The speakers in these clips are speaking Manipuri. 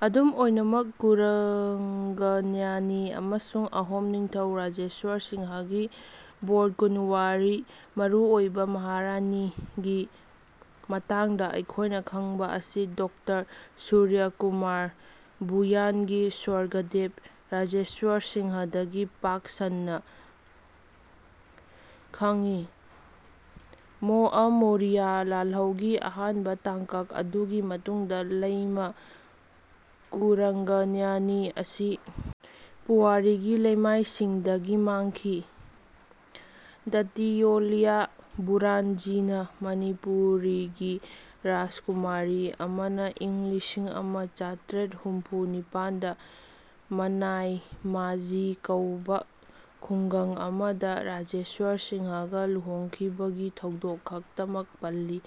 ꯑꯗꯨꯝ ꯑꯣꯏꯅꯃꯛ ꯀꯨꯔꯪꯒꯅꯌꯅꯤ ꯑꯃꯁꯨꯡ ꯑꯍꯣꯝ ꯅꯤꯡꯊꯧ ꯔꯥꯖꯦꯁ꯭ꯋꯔ ꯁꯤꯡꯍꯒꯤ ꯕꯣꯔꯀꯨꯟꯋꯥꯔꯤ (ꯃꯔꯨꯑꯣꯏꯕ ꯃꯍꯥꯔꯥꯅꯤ)ꯒꯤ ꯃꯇꯥꯡꯗ ꯑꯩꯈꯣꯏꯅ ꯈꯪꯕ ꯑꯁꯤ ꯗꯣꯛꯇꯔ ꯁꯨꯔ꯭ꯌꯀꯨꯃꯥꯔ ꯚꯨꯌꯥꯟꯒꯤ ꯁ꯭ꯋꯔꯒꯗꯦꯕ ꯔꯥꯖꯦꯁ꯭ꯋꯔ ꯁꯤꯡꯍꯗꯒꯤ ꯄꯥꯛ ꯁꯟꯅ ꯈꯡꯉꯤ꯫ ꯃꯣꯑꯃꯣꯔꯤꯌꯥ ꯂꯥꯜꯍꯧꯒꯤ ꯑꯍꯥꯟꯕ ꯇꯥꯡꯀꯛ ꯑꯗꯨꯒꯤ ꯃꯇꯨꯡꯗ ꯂꯩꯃꯥ ꯀꯨꯔꯪꯒꯅꯌꯅꯤ ꯑꯁꯤ ꯄꯨꯋꯥꯔꯤꯒꯤ ꯂꯩꯃꯥꯏꯁꯤꯡꯗꯒꯤ ꯃꯥꯡꯈꯤ꯫ ꯗꯇꯤꯌꯣꯂꯤꯌꯥ ꯕꯨꯔꯥꯟꯖꯤꯅ ꯃꯅꯤꯄꯨꯔꯤꯒꯤ ꯔꯥꯖꯀꯨꯃꯥꯔꯤ ꯑꯃꯅ ꯏꯪ ꯂꯤꯁꯤꯡ ꯑꯃ ꯆꯥꯇ꯭ꯔꯦꯠ ꯍꯨꯝꯐꯨ ꯅꯤꯄꯥꯜꯗ ꯃꯅꯥꯏꯃꯥꯖꯤ ꯀꯧꯕ ꯈꯨꯡꯒꯪ ꯑꯃꯗ ꯔꯥꯖꯦꯁ꯭ꯋꯔ ꯁꯤꯡꯍꯒ ꯂꯨꯍꯣꯡꯈꯤꯕꯒꯤ ꯊꯧꯗꯣꯛ ꯈꯛꯇꯃꯛ ꯄꯜꯂꯤ꯫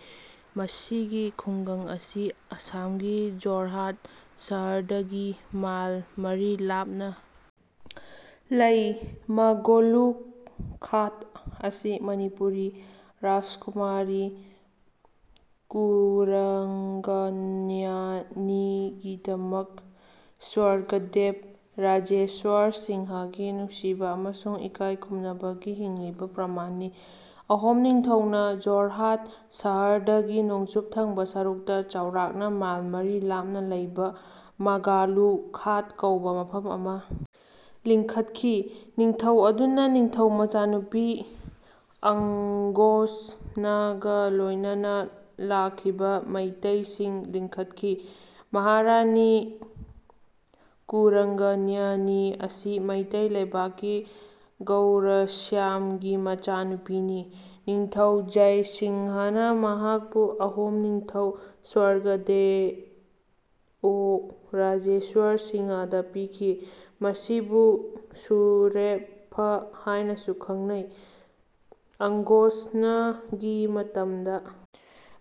ꯃꯁꯤꯒꯤ ꯈꯨꯡꯒꯪ ꯑꯁꯤ ꯑꯁꯥꯝꯒꯤ ꯖꯣꯔꯍꯥꯠ ꯁꯍꯔꯗꯒꯤ ꯃꯥꯏꯜ ꯃꯔꯤ ꯂꯥꯞꯅ ꯂꯩ꯫ ꯃꯒꯣꯂꯨ ꯈꯥꯠ ꯑꯁꯤ ꯃꯅꯤꯄꯨꯔꯤ ꯔꯥꯖꯀꯨꯃꯥꯔꯤ ꯀꯨꯔꯪꯒꯅꯌꯅꯤꯒꯤꯗꯃꯛ ꯁ꯭ꯋꯔꯒꯗꯦꯕ ꯔꯥꯖꯦꯁ꯭ꯋꯔ ꯁꯤꯡꯍꯒꯤ ꯅꯨꯡꯁꯤꯕ ꯑꯃꯁꯨꯡ ꯏꯀꯥꯏ ꯈꯨꯝꯅꯕꯒꯤ ꯍꯤꯡꯂꯤꯕ ꯄ꯭ꯔꯃꯥꯟꯅꯤ꯫ ꯑꯍꯣꯝ ꯅꯤꯡꯊꯧꯅ ꯖꯣꯔꯍꯥꯠ ꯁꯍꯔꯗꯒꯤ ꯅꯣꯡꯆꯨꯞ ꯊꯪꯕ ꯁꯔꯨꯛꯇ ꯆꯥꯎꯔꯥꯛꯅ ꯃꯥꯏꯜ ꯃꯔꯤ ꯂꯥꯞꯅ ꯂꯩꯕ ꯃꯒꯥꯂꯨ ꯈꯥꯠ ꯀꯧꯕ ꯃꯐꯝ ꯑꯃ ꯂꯤꯡꯈꯠꯈꯤ꯫ ꯅꯤꯡꯊꯧ ꯑꯗꯨꯅ ꯅꯤꯡꯊꯧ ꯃꯆꯥꯅꯨꯄꯤ ꯑꯪꯒꯣꯁꯅꯥꯒ ꯂꯣꯏꯅꯅ ꯂꯥꯛꯈꯤꯕ ꯃꯩꯇꯩꯁꯤꯡ ꯂꯤꯡꯈꯠꯈꯤ꯫ ꯃꯍꯥꯔꯥꯅꯤ ꯀꯨꯔꯪꯒꯅꯌꯅꯤ ꯑꯁꯤ ꯃꯩꯇꯩ ꯂꯩꯕꯥꯛꯀꯤ ꯒꯧꯔꯁ꯭ꯌꯥꯝꯒꯤ ꯃꯆꯥꯅꯨꯄꯤꯅꯤ꯫ ꯅꯤꯡꯊꯧ ꯖꯌ ꯁꯤꯡꯍꯅ ꯃꯍꯥꯛꯄꯨ ꯑꯍꯣꯝ ꯅꯤꯡꯊꯧ ꯁ꯭ꯋꯔꯒꯗꯦꯑꯣ ꯔꯥꯖꯦꯁ꯭ꯋꯔ ꯁꯤꯡꯍꯗ ꯄꯤꯈꯤ, ꯃꯁꯤꯕꯨ ꯁꯨꯔꯦꯝꯐꯥ ꯍꯥꯏꯅꯁꯨ ꯈꯪꯅꯩ꯫ ꯑꯪꯒꯣꯁꯅꯥꯒꯤ ꯃꯇꯝꯗ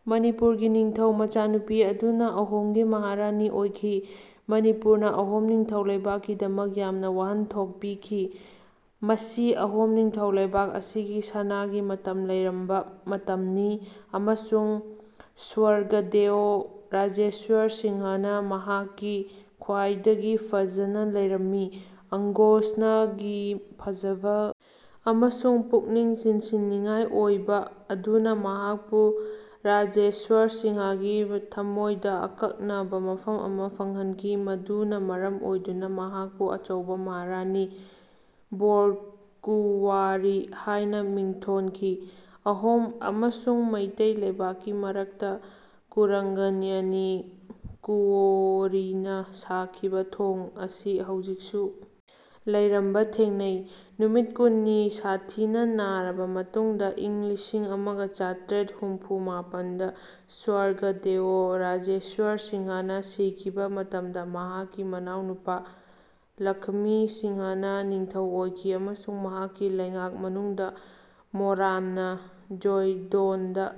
ꯃꯅꯤꯄꯨꯔꯒꯤ ꯅꯤꯡꯊꯧ ꯃꯆꯥꯅꯨꯄꯤ ꯑꯗꯨꯅ ꯑꯍꯣꯝꯒꯤ ꯃꯍꯥꯔꯥꯅꯤ ꯑꯣꯏꯈꯤ꯫ ꯃꯅꯤꯄꯨꯔꯅ ꯑꯍꯣꯝ ꯅꯤꯡꯊꯧ ꯂꯩꯕꯥꯛꯀꯤꯗꯃꯛ ꯌꯥꯝꯅ ꯋꯥꯍꯟꯊꯣꯛ ꯄꯤꯈꯤ꯫ ꯃꯁꯤ ꯑꯍꯣꯝ ꯅꯤꯡꯊꯧ ꯂꯩꯕꯥꯛ ꯑꯁꯤꯒꯤ ꯁꯅꯥꯒꯤ ꯃꯇꯝ ꯂꯩꯔꯝꯕ ꯃꯇꯝꯅꯤ ꯑꯃꯁꯨꯡ ꯁ꯭ꯋꯔꯒꯗꯦꯑꯣ ꯔꯥꯖꯦꯁ꯭ꯋꯔ ꯁꯤꯡꯍꯅ ꯃꯍꯥꯛꯀꯤ ꯈ꯭ꯋꯥꯏꯗꯒꯤ ꯐꯖꯅ ꯂꯩꯔꯝꯃꯤ꯫ ꯑꯪꯒꯣꯁꯅꯥꯒꯤ ꯐꯖꯕ ꯑꯃꯁꯨꯡ ꯄꯨꯛꯅꯤꯡ ꯆꯤꯡꯁꯤꯟꯅꯤꯡꯉꯥꯏ ꯑꯣꯏꯕ ꯑꯗꯨꯅ ꯃꯍꯥꯛꯄꯨ ꯔꯥꯖꯦꯁ꯭ꯋꯔ ꯁꯤꯡꯍꯒꯤ ꯊꯃꯣꯏꯗ ꯑꯀꯛꯅꯕ ꯃꯐꯝ ꯑꯃ ꯐꯪꯍꯟꯈꯤ ꯃꯗꯨꯅ ꯃꯔꯝ ꯑꯣꯏꯗꯨꯅ ꯃꯍꯥꯛꯄꯨ ꯑꯆꯧꯕ ꯃꯍꯥꯔꯥꯅꯤ (ꯕꯣꯔꯀꯨꯋꯥꯔꯤ) ꯍꯥꯏꯅ ꯃꯤꯡꯊꯣꯟꯈꯤ꯫ ꯑꯍꯣꯝ ꯑꯃꯁꯨꯡ ꯃꯩꯇꯩ ꯂꯩꯕꯥꯛꯀꯤ ꯃꯔꯛꯇ ꯀꯨꯔꯪꯒꯅꯌꯅꯤ ꯀꯨꯋꯣꯔꯤꯅ ꯁꯥꯈꯤꯕ ꯊꯣꯡ ꯑꯁꯤ ꯍꯧꯖꯤꯛꯁꯨ ꯂꯩꯔꯝꯕ ꯊꯦꯡꯅꯩ꯫ ꯅꯨꯃꯤꯠ ꯀꯨꯟꯅꯤ ꯁꯥꯊꯤꯅ ꯅꯥꯔꯕ ꯃꯇꯨꯡꯗ ꯏꯪ ꯂꯤꯁꯤꯡ ꯑꯃꯒ ꯆꯥꯇ꯭ꯔꯦꯠ ꯍꯨꯝꯐꯨ ꯃꯥꯄꯜꯗ ꯁ꯭ꯋꯔꯒꯗꯦꯑꯣ ꯔꯥꯖꯦꯁ꯭ꯋꯔ ꯁꯤꯡꯍꯅ ꯁꯤꯈꯤꯕ ꯃꯇꯝꯗ ꯃꯍꯥꯛꯀꯤ ꯃꯅꯥꯎꯅꯨꯄꯥ ꯂꯈꯃꯤ ꯁꯤꯡꯍꯅ ꯅꯤꯡꯊꯧ ꯑꯣꯏꯈꯤ ꯑꯃꯁꯨꯡ ꯃꯍꯥꯛꯀꯤ ꯂꯩꯉꯥꯛ ꯃꯅꯨꯡꯗ ꯃꯣꯔꯥꯟꯅ ꯖꯣꯏꯗꯣꯜꯗ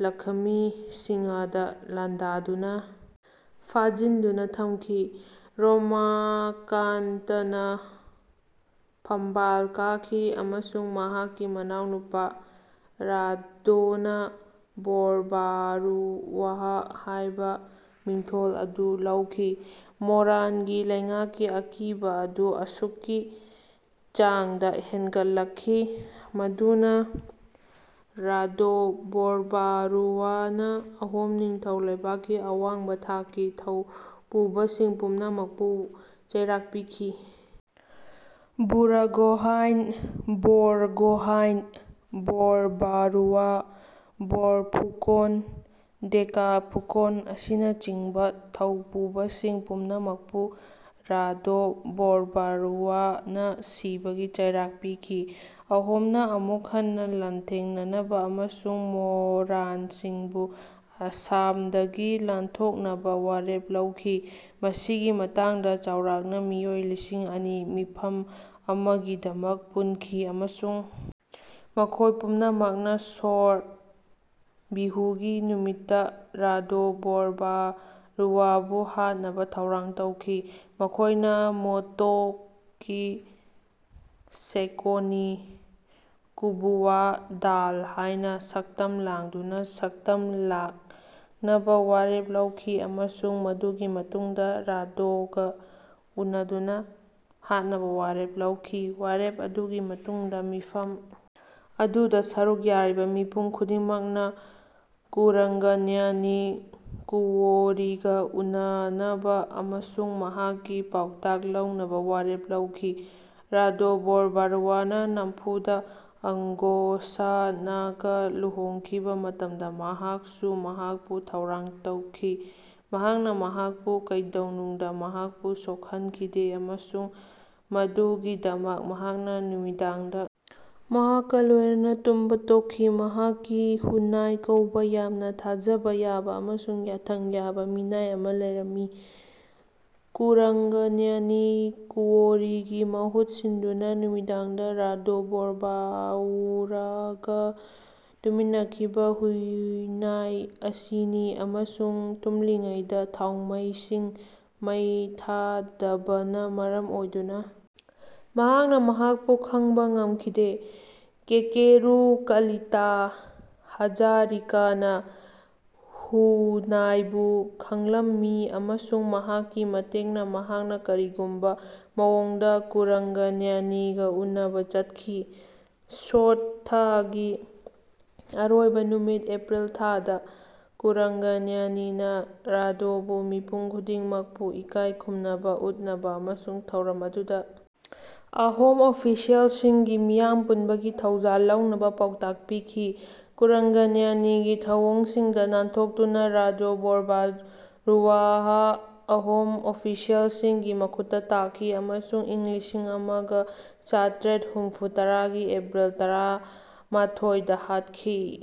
ꯂꯈꯃꯤ ꯁꯤꯡꯍꯗ ꯂꯥꯟꯗꯥꯗꯨꯅ ꯐꯥꯖꯤꯟꯗꯨꯅ ꯊꯝꯈꯤ꯫ ꯔꯣꯃꯥꯀꯥꯟꯇꯅ ꯐꯝꯕꯥꯜ ꯀꯥꯈꯤ ꯑꯃꯁꯨꯡ ꯃꯍꯥꯛꯀꯤ ꯃꯅꯥꯎꯅꯨꯄꯥ ꯔꯥꯘꯣꯅ 'ꯕꯣꯔꯕꯥꯔꯨꯋꯥꯍ' ꯍꯥꯏꯕ ꯃꯤꯡꯊꯣꯜ ꯑꯗꯨ ꯂꯧꯈꯤ꯫ ꯃꯣꯔꯥꯟꯒꯤ ꯂꯩꯉꯥꯛꯀꯤ ꯑꯀꯤꯕ ꯑꯗꯨ ꯑꯁꯨꯛꯀꯤ ꯆꯥꯡꯗ ꯍꯦꯟꯒꯠꯂꯛꯈꯤ ꯃꯗꯨꯅ ꯔꯥꯘꯣ ꯕꯣꯔꯕꯥꯔꯨꯋꯥꯅ ꯑꯍꯣꯝ ꯅꯤꯡꯊꯧ ꯂꯩꯕꯥꯛꯀꯤ ꯑꯋꯥꯡꯕ ꯊꯥꯛꯀꯤ ꯊꯧꯄꯨꯕꯁꯤꯡ ꯄꯨꯝꯅꯃꯛꯄꯨ ꯆꯩꯔꯥꯛ ꯄꯤꯈꯤ꯫ ꯕꯨꯔꯥꯒꯣꯍꯥꯏꯟ, ꯕꯣꯔꯒꯣꯍꯥꯏꯟ, ꯕꯣꯔꯕꯥꯔꯨꯋꯥ, ꯕꯣꯔꯐꯨꯀꯣꯟ, ꯗꯦꯀꯥꯐꯨꯀꯣꯟ ꯑꯁꯤꯅꯆꯤꯡꯕ ꯊꯧꯄꯨꯕꯁꯤꯡ ꯄꯨꯝꯅꯃꯛꯄꯨ ꯔꯥꯘꯣ ꯕꯣꯔꯕꯔꯨꯋꯥꯅ ꯁꯤꯕꯒꯤ ꯆꯩꯔꯥꯛ ꯄꯤꯈꯤ꯫ ꯑꯍꯣꯝꯅ ꯑꯃꯨꯛ ꯍꯟꯅ ꯂꯥꯟꯊꯦꯡꯅꯅꯕ ꯑꯃꯁꯨꯡ ꯃꯣꯔꯥꯟꯁꯤꯡꯕꯨ ꯑꯁꯥꯝꯗꯒꯤ ꯇꯥꯟꯊꯣꯛꯅꯕ ꯋꯥꯔꯦꯞ ꯂꯧꯈꯤ꯫ ꯃꯁꯤꯒꯤ ꯃꯇꯥꯡꯗ ꯆꯥꯎꯔꯥꯛꯅ ꯃꯤꯑꯣꯏ ꯂꯤꯁꯤꯡ ꯑꯅꯤ ꯃꯤꯐꯝ ꯑꯃꯒꯤꯗꯃꯛ ꯄꯨꯟꯈꯤ ꯑꯃꯁꯨꯡ ꯃꯈꯣꯏ ꯄꯨꯝꯅꯃꯛꯅ ꯁꯣꯠ ꯕꯤꯍꯨꯒꯤ ꯅꯨꯃꯤꯠꯇ ꯔꯥꯘꯣ ꯕꯣꯔꯕꯥꯔꯨꯋꯥꯕꯨ ꯍꯥꯠꯅꯕ ꯊꯧꯔꯥꯡ ꯇꯧꯈꯤ꯫ ꯃꯈꯣꯏꯅ ꯃꯣꯇꯣꯛꯀꯤ ꯁꯦꯀꯣꯅꯤ-ꯀꯨꯕꯨꯋꯥ ꯗꯥꯜ ꯍꯥꯏꯅ ꯁꯛꯇꯝ ꯂꯥꯡꯗꯨꯅ ꯁꯛꯇꯝ ꯂꯥꯡꯅꯕ ꯋꯥꯔꯦꯞ ꯂꯧꯈꯤ ꯑꯃꯁꯨꯡ ꯃꯗꯨꯒꯤ ꯃꯇꯨꯡꯗ ꯔꯥꯘꯣꯒ ꯎꯅꯗꯨꯅ ꯍꯥꯠꯅꯕ ꯋꯥꯔꯦꯞ ꯂꯧꯈꯤ꯫ ꯋꯥꯔꯦꯞ ꯑꯗꯨꯒꯤ ꯃꯇꯨꯡꯗ ꯃꯤꯐꯝ ꯑꯗꯨꯗ ꯁꯔꯨꯛ ꯌꯥꯔꯤꯕ ꯃꯤꯄꯨꯝ ꯈꯨꯗꯤꯡꯃꯛꯅ ꯀꯨꯔꯪꯒꯅꯌꯅꯤ ꯀꯨꯋꯣꯔꯤꯒ ꯎꯅꯅꯕ ꯑꯃꯁꯨꯡ ꯃꯍꯥꯛꯀꯤ ꯄꯥꯎꯇꯥꯛ ꯂꯧꯅꯕ ꯋꯥꯔꯦꯞ ꯂꯧꯈꯤ꯫ ꯔꯥꯘꯣ ꯕꯣꯔꯕꯥꯔꯨꯋꯥꯅ ꯅꯝꯐꯨꯗ ꯑꯡꯒꯣꯁꯥꯅꯥꯒ ꯂꯨꯍꯣꯡꯈꯤꯕ ꯃꯇꯝꯗ ꯃꯍꯥꯛꯁꯨ ꯃꯍꯥꯛꯄꯨ ꯊꯧꯔꯥꯡ ꯇꯧꯈꯤ꯫ ꯃꯍꯥꯛꯅ ꯃꯍꯥꯛꯄꯨ ꯀꯩꯗꯧꯅꯨꯡꯗ ꯃꯍꯥꯛꯄꯨ ꯁꯣꯛꯍꯟꯈꯤꯗꯦ ꯑꯃꯁꯨꯡ ꯃꯗꯨꯒꯤꯗꯃꯛ ꯃꯍꯥꯛꯅ ꯅꯨꯃꯤꯗꯥꯡꯗ ꯃꯍꯥꯛꯀ ꯂꯣꯏꯅꯅ ꯇꯨꯝꯕ ꯇꯣꯛꯈꯤ꯫ ꯃꯍꯥꯛꯀꯤ ꯍꯨꯅꯥꯏ ꯀꯧꯕ ꯌꯥꯝꯅ ꯊꯥꯖꯕ ꯌꯥꯕ ꯑꯃꯁꯨꯡ ꯌꯥꯊꯪ ꯌꯥꯕ ꯃꯤꯅꯥꯏ ꯑꯃ ꯂꯩꯔꯝꯃꯤ꯫ ꯀꯨꯔꯪꯒꯅꯌꯅꯤ ꯀꯨꯋꯣꯔꯤꯒꯤ ꯃꯍꯨꯠ ꯁꯤꯟꯗꯨꯅ ꯅꯨꯃꯤꯗꯥꯡꯗ ꯔꯥꯘꯣ ꯕꯣꯔꯕꯥꯎꯔꯒ ꯇꯨꯝꯃꯤꯟꯅꯈꯤꯕ ꯍꯨꯅꯥꯏ ꯑꯁꯤꯅꯤ ꯑꯃꯁꯨꯡ ꯇꯨꯝꯂꯤꯉꯩꯗ ꯊꯥꯎꯃꯩꯁꯤꯡ ꯃꯩ ꯊꯥꯗꯕꯅ ꯃꯔꯝ ꯑꯣꯏꯗꯨꯅ ꯃꯍꯥꯛꯅ ꯃꯍꯥꯛꯄꯨ ꯈꯪꯕ ꯉꯝꯈꯤꯗꯦ꯫ ꯀꯦꯀꯦꯔꯨ ꯀꯂꯤꯇꯥ ꯍꯖꯥꯔꯤꯀꯥꯅ ꯍꯨꯅꯥꯏꯕꯨ ꯈꯪꯂꯝꯃꯤ ꯑꯃꯁꯨꯡ ꯃꯍꯥꯛꯀꯤ ꯃꯇꯦꯡꯅ ꯃꯍꯥꯛꯅ ꯀꯔꯤꯒꯨꯝꯕ ꯃꯑꯣꯡꯗ ꯀꯨꯔꯪꯒꯅꯌꯅꯤꯒ ꯎꯟꯅꯕ ꯆꯠꯈꯤ꯫ ꯁꯣꯠ ꯊꯥꯒꯤ ꯑꯔꯣꯏꯕ ꯅꯨꯃꯤꯠ (ꯑꯦꯄ꯭ꯔꯤꯜ-ꯊꯥ)ꯗ ꯀꯨꯔꯪꯒꯅꯌꯅꯤꯅ ꯔꯥꯘꯣꯕꯨ ꯃꯤꯄꯨꯝ ꯈꯨꯗꯤꯡꯃꯛꯄꯨ ꯏꯀꯥꯏ ꯈꯨꯝꯅꯕ ꯎꯠꯅꯕ ꯑꯃꯁꯨꯡ ꯊꯧꯔꯝ ꯑꯗꯨꯗ ꯑꯍꯣꯝ ꯑꯣꯐꯤꯁꯤꯑꯦꯜꯁꯤꯡꯒꯤ ꯃꯤꯌꯥꯝ ꯄꯨꯟꯕꯒꯤ ꯊꯧꯖꯥꯜ ꯂꯧꯅꯕ ꯄꯥꯎꯇꯥꯛ ꯄꯤꯈꯤ꯫ ꯀꯨꯔꯪꯒꯅꯌꯅꯤꯒꯤ ꯊꯧꯑꯣꯡꯁꯤꯡꯗ ꯅꯥꯟꯊꯣꯛꯇꯨꯅ ꯔꯥꯘꯣ ꯕꯣꯔꯕꯥꯔꯨꯋꯥꯍ ꯑꯍꯣꯝ ꯑꯣꯐꯤꯁꯤꯑꯦꯜꯁꯤꯡꯒꯤ ꯃꯈꯨꯠꯇ ꯇꯥꯈꯤ ꯑꯃꯁꯨꯡ ꯏꯪ ꯂꯤꯁꯤꯡ ꯑꯃꯒ ꯆꯥꯇ꯭ꯔꯦꯠ ꯍꯨꯝꯐꯨꯇꯔꯥꯒꯤ ꯑꯦꯄ꯭ꯔꯤꯜ ꯇꯔꯥꯃꯥꯊꯣꯏꯗ ꯍꯥꯠꯈꯤ꯫